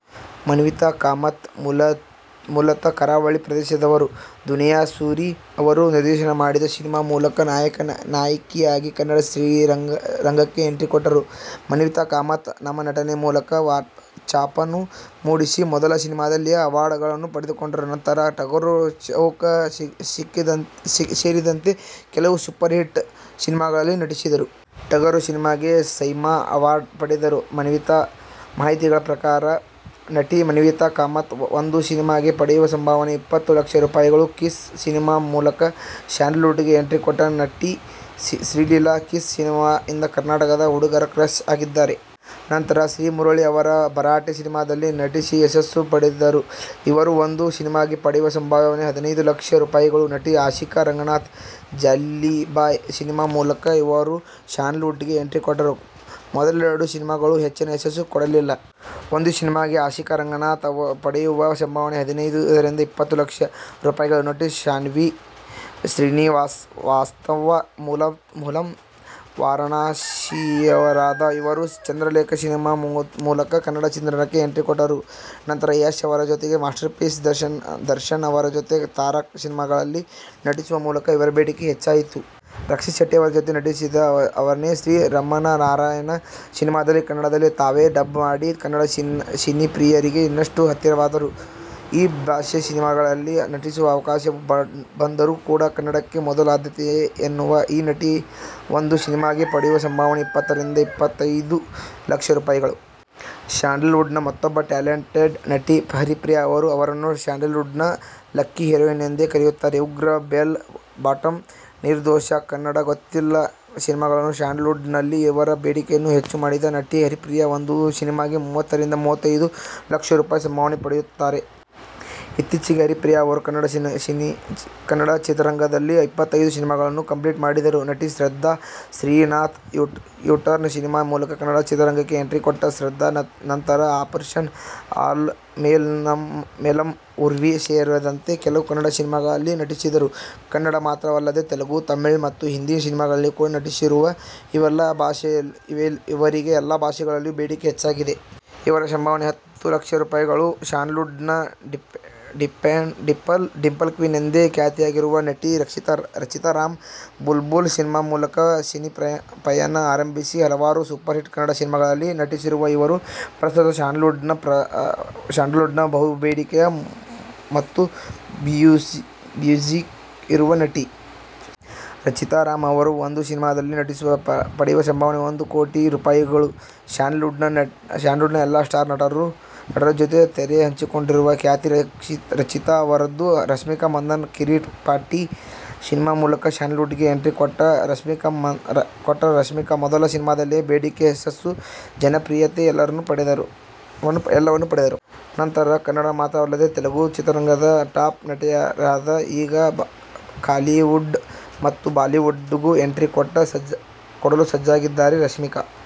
ಮಾನ್ವಿತಾ ಕಾಮತ್.. ಮೂಲತಃ ಕರಾವಳಿ ಪ್ರದೇಶದವರು. ದುನಿಯಾ ಸೂರಿ ಅವರು ನಿರ್ದೇಶನ ಮಾಡಿದ ಸಿನಿಮಾ ಮೂಲಕ ನಾಯಕಿಯಾಗಿ ಕನ್ನಡ ಚಿತ್ರರಂಗಕ್ಕೆ ಎಂಟ್ರಿ ಕೊಟ್ಟರು ಮಾನ್ವಿತಾ ಕಾಮತ್ ತಮ್ಮ ನಟನೆ ಮೂಲಕ ಛಾಪನ್ನು ಮೂಡಿಸಿ, ಮೊದಲ ಸಿನಿಮಾದಲ್ಲೇ ಅವಾರ್ಡ್ ಗಳನ್ನು ಪಡೆದುಕೊಂಡರು. ನಂತರ ಟಗರು, ಚೌಕ ಸೇರಿದಂತೆ ಕೆಲವು ಸೂಪರ್ ಹಿಟ್ ಸಿನಿಮಾಗಳಲ್ಲಿ ನಟಿಸಿದರು. ಟಗರು ಸಿನಿಮಾಗೆ ಸೈಮಾ ಅವಾರ್ಡ್ ಪಡೆದರು ಮಾನ್ವಿತಾ. ಮಾಹಿತಿಗಳ ಪ್ರಕಾರ ನಟಿ ಮಾನ್ವಿತಾ ಕಾಮತ್ ಒಂದು ಸಿನಿಮಾಗೆ ಪಡೆಯುವ ಸಂಭಾವನೆ ಇಪ್ಪತ್ತು ಲಕ್ಷ ರೂಪಾಯಿಗಳು. ಕಿಸ್ ಸಿನಿಮಾ ಮೂಲಕ ಸ್ಯಾಂಡಲ್ ವುಡ್ ಗೆ ಎಂಟ್ರಿ ಕೊಟ್ಟ ನಟಿ ಶ್ರೀಲೀಲಾ. ಕಿಸ್ ಸಿನಿಮಾ ಇಂದ ಕರ್ನಾಟಕದ ಹುಡುಗರ ಕ್ರಶ್ ಆಗಿದ್ದಾರೆ. ನಂತರ ಶ್ರೀಮುರಳಿ ಅವರ ಭರಾಟೆ ಸಿನಿಮಾದಲ್ಲಿ ನಟಿಸಿ ಯಶಸ್ಸು ಪಡೆದರು. ಇವರು ಒಂದು ಸಿನಿಮಾಗೆ ಪಡೆಯುವ ಸಂಭಾವನೆ ಹದಿನೈದು ಲಕ್ಷ ರೂಪಾಯಿಗಳು. ನಟಿ ಆಶಿಕಾ ರಂಗನಾಥ್, ಜಾಲಿಬಾಯ್ ಸಿನಿಮಾ ಮೂಲಕ ಇವರು ಸ್ಯಾಂಡಲ್ ವುಡ್ ಗೆ ಎಂಟ್ರಿ ಕೊಟ್ಟರು, ಮೊದಲೆರಡು ಸಿನಿಮಾಗಳು ಹೆಚ್ಚಿನ ಯಶಸ್ಸು ಕೊಡಲಿಲ್ಲ. ಒಂದು ಸಿನಿಮಾಗೆ ಆಶಿಕಾ ರಂಗನಾಥ್ ಪಡೆಯುವ ಸಂಭಾವನೆ ಹದಿನೈದರಿಂದ ಇಪ್ಪತ್ತು ಲಕ್ಷ ರೂಪಾಯಿಗಳು. ನಟಿ ಶಾನ್ವಿ ಶ್ರೀವಾಸ್ತವ್, ಮೂಲತಃ ವಾರಣಾಸಿಯವರಾದ ಇವರು ಚಂದ್ರಲೇಖ ಸಿನಿಮಾ ಮೂಲಕ ಕನ್ನಡ ಚಿತ್ರರಂಗಕ್ಕೆ ಎಂಟ್ರಿ ಕೋಟ್ಟರು. ನಂತರ ಯಶ್ ಅವರ ಜೊತೆ ಮಾಸ್ಟರ್ ಪೀಸ್, ದರ್ಶನ್ ಅವರ ಜೊತೆ ತಾರಕ್ ಸಿನಿಮಾಗಳಲ್ಲಿ ನಟಿಸುವ ಮೂಲಕ ಇವರ ಬೇಡಿಕೆ ಹೆಚ್ಚಾಯಿತು. ರಕ್ಷಿತ್ ಶೆಟ್ಟಿ ಅವರ ಜೊತೆ ನಟಿಸಿದ ಅವನೇ ಶ್ರೀಮನ್ನಾರಾಯಣ ಸಿನಿಮಾದಲ್ಲಿ ಕನ್ನಡದಲ್ಲಿ ತಾವೇ ಡಬ್ ಮಾಡಿ, ಕನ್ನಡ ಸಿನಿಪ್ರಿಯರಿಗೆ ಇನ್ನಷ್ಟು ಹತ್ತಿರವಾದರು. ಬೇರೆ ಭಾಷೆ ಸಿನಿಮಾಗಳಲ್ಲಿ ನಟಿಸುವ ಅವಕಾಶ ಬಂದರು ಕೂಡ, ಕನ್ನಡಕ್ಕೆ ಮೊದಲ ಆದ್ಯತೆ ಎನ್ನುವ ಈ ನಟಿ ಒಂದು ಸಿನಿಮಾಗೆ ಪಡೆಯುವ ಸಂಭಾವನೆ ಇಪ್ಪತ್ತರಿಂದ ಇಪ್ಪತ್ತೈದು ಲಕ್ಷ ರೂಪಾಯಿಗಳು. ಸ್ಯಾಂಡಲ್ ವುಡ್ ನ ಮತ್ತೊಬ್ಬ ಟ್ಯಾಲೆಂಟೆಡ್ ನಟಿ ಹರಿಪ್ರಿಯಾ ಅವರು. ಇವರನ್ನು ಸ್ಯಾಂಡಲ್ ವುಡ್ ನ ಲಕ್ಕಿ ಹೀರೋಯಿನ್ ಎಂದೇ ಕರೆಯುತ್ತಾರೆ. ಉಗ್ರ-, ಬೆಲ್ ಬಾಟಮ್, ನೀರ್ ದೋಸೆ, ಕನ್ನಡ್ ಗೊತ್ತಿಲ್ಲ ಸಿನಿಮಾಗಳು ಸ್ಯಾಂಡಲ್ ವುಡ್ ನಲ್ಲಿ ಇವರ ಬೇಡಿಕೆಯನ್ನು ಹೆಚ್ಚು ಮಾಡಿದೆ. ನಟಿ ಹರಿಪ್ರಿಯಾ ಒಂದು ಸಿನಿಮಾಗೆ ಮೂವತ್ತರಿಂದ ಮೂವತ್ತೈದು ಲಕ್ಷ ರೂಪಾಯಿ ಸಂಭಾವನೆ ಪಡೆಯುತ್ತಾರೆ. ಇತ್ತೀಚೆಗೆ ಹರಿಪ್ರಿಯಾ ಅವರು ಕನ್ನಡ ಚಿತ್ರರಂಗದಲ್ಲಿ ಇಪ್ಪತ್ತೈದು ಸಿನಿಮಾಗಳನ್ನು ಕಂಪ್ಲೀಟ್ ಮಾಡಿದರು. ನಟಿ ಶ್ರದ್ಧಾ ಶ್ರೀನಾಥ್, ಯೂಟರ್ನ್ ಸಿನಿಮಾ ಮೂಲಕ ಕನ್ನಡ ಚಿತ್ರರಂಗಕ್ಕೆ ಎಂಟ್ರಿ ಕೊಟ್ಟ ಶ್ರದ್ಧಾ, ನಂತರ ಆಪರೇಷನ್ ಅಲಮೇಲಮ್ಮ, ಊರ್ವಿ ಸೇರಿದಂತೆ ಕೆಲವು ಕನ್ನಡ ಸಿನಿಮಾಗಳಲ್ಲಿ ನಟಿಸಿದರು. ಕನ್ನಡ ಮಾತ್ರವಲ್ಲದೆ ತೆಲುಗು, ತಮಿಳು ಮತ್ತು ಹಿಂದಿ ಸಿನಿಮಾಗಳಲ್ಲಿ ಕೂಡ ನಟಿಸಿರುವ ಇವರಿಗೆ ಎಲ್ಲಾ ಭಾಷೆಗಳಲ್ಲೂ ಬೇಡಿಕೆ ಹೆಚ್ಚಾಗಿದೆ. ಇವರ ಸಂಭಾವನೆ ಹತ್ತು ಲಕ್ಷ ರೂಪಾಯಿಗಳು. ಸ್ಯಾಂಡಲ್ ವುಡ್ ನ ಡಿಂಪಲ್ ಕ್ವೀನ್ ಎಂದೇ ಖ್ಯಾತಿಯಾಗಿರುವ ನಟಿ ರಚಿತಾ ರಾಮ್. ಬುಲ್ ಬುಲ್ ಸಿನಿಮಾ ಮೂಲಕ ಸಿನಿಪಯಣ ಆರಂಭಿಸಿ ಹಲವಾರು ಸೂಪರ್ ಹಿಟ್ ಕನ್ನಡ ಸಿನಿಮಾಗಳಲ್ಲಿ ನಟಿಸಿರುವ ಇವರು, ಪ್ರಸ್ತುತ ಸ್ಯಾಂಡಲ್ ವುಡ್ ನ ಬಹುಬೇಡಿಕೆಯ ಮತ್ತು ಬ್ಯುಸಿ ಇರುವ ನಟಿ. ರಚಿತಾ ರಾಮ್ ಅವರು ಒಂದು ಸಿನಿಮಾದಲ್ಲಿ ನಟಿಸಲು ಪಡೆಯುವ ಸಂಭಾವನೆ ಒಂದು ಕೋಟಿ ರೂಪಾಯಿಗಳು ಸ್ಯಾಂಡಲ್ ವುಡ್ ನ ಎಲ್ಲಾ ಸ್ಟಾರ್ ನಟರ ಜೊತೆ ತೆರೆಹಂಚಿಕೊಂಡಿರುವ ಖ್ಯಾತಿ ರಚಿತಾ ಅವರದ್ದು. ರಶ್ಮಿಕಾ ಮಂದಣ್ಣ, ಕಿರಿಕ್ ಪಾರ್ಟಿ ಸಿನಿಮಾ ಮೂಲಕ ಸ್ಯಾಂಡಲ್ ವುಡ್ ಗೆ ಎಂಟ್ರಿ ಕೊಟ್ಟ ರಶ್ಮಿಕಾ, ಮೊದಲ ಸಿನಿಮಾದಲ್ಲೇ ಬೇಡಿಕೆ, ಯಶಸ್ಸು, ಜನಪ್ರಿಯತೆ ಎಲ್ಲವನ್ನು ಪಡೆದರು. ನಂತರ ಕನ್ನಡ ಮಾತ್ರವಲ್ಲದೆ ತೆಲುಗು ಚಿತ್ರರಂಗದ ಟಾಪ್ ನಟಿಯಾದರು. ಈಗ ಕಾಲಿವುಡ್ ಮತ್ತು ಬಾಲಿವುಡ್ ಗು ಎಂಟ್ರಿ ಕೊಡಲು ಸಜ್ಜಾಗಿದ್ದಾರೆ ರಶ್ಮಿಕಾ.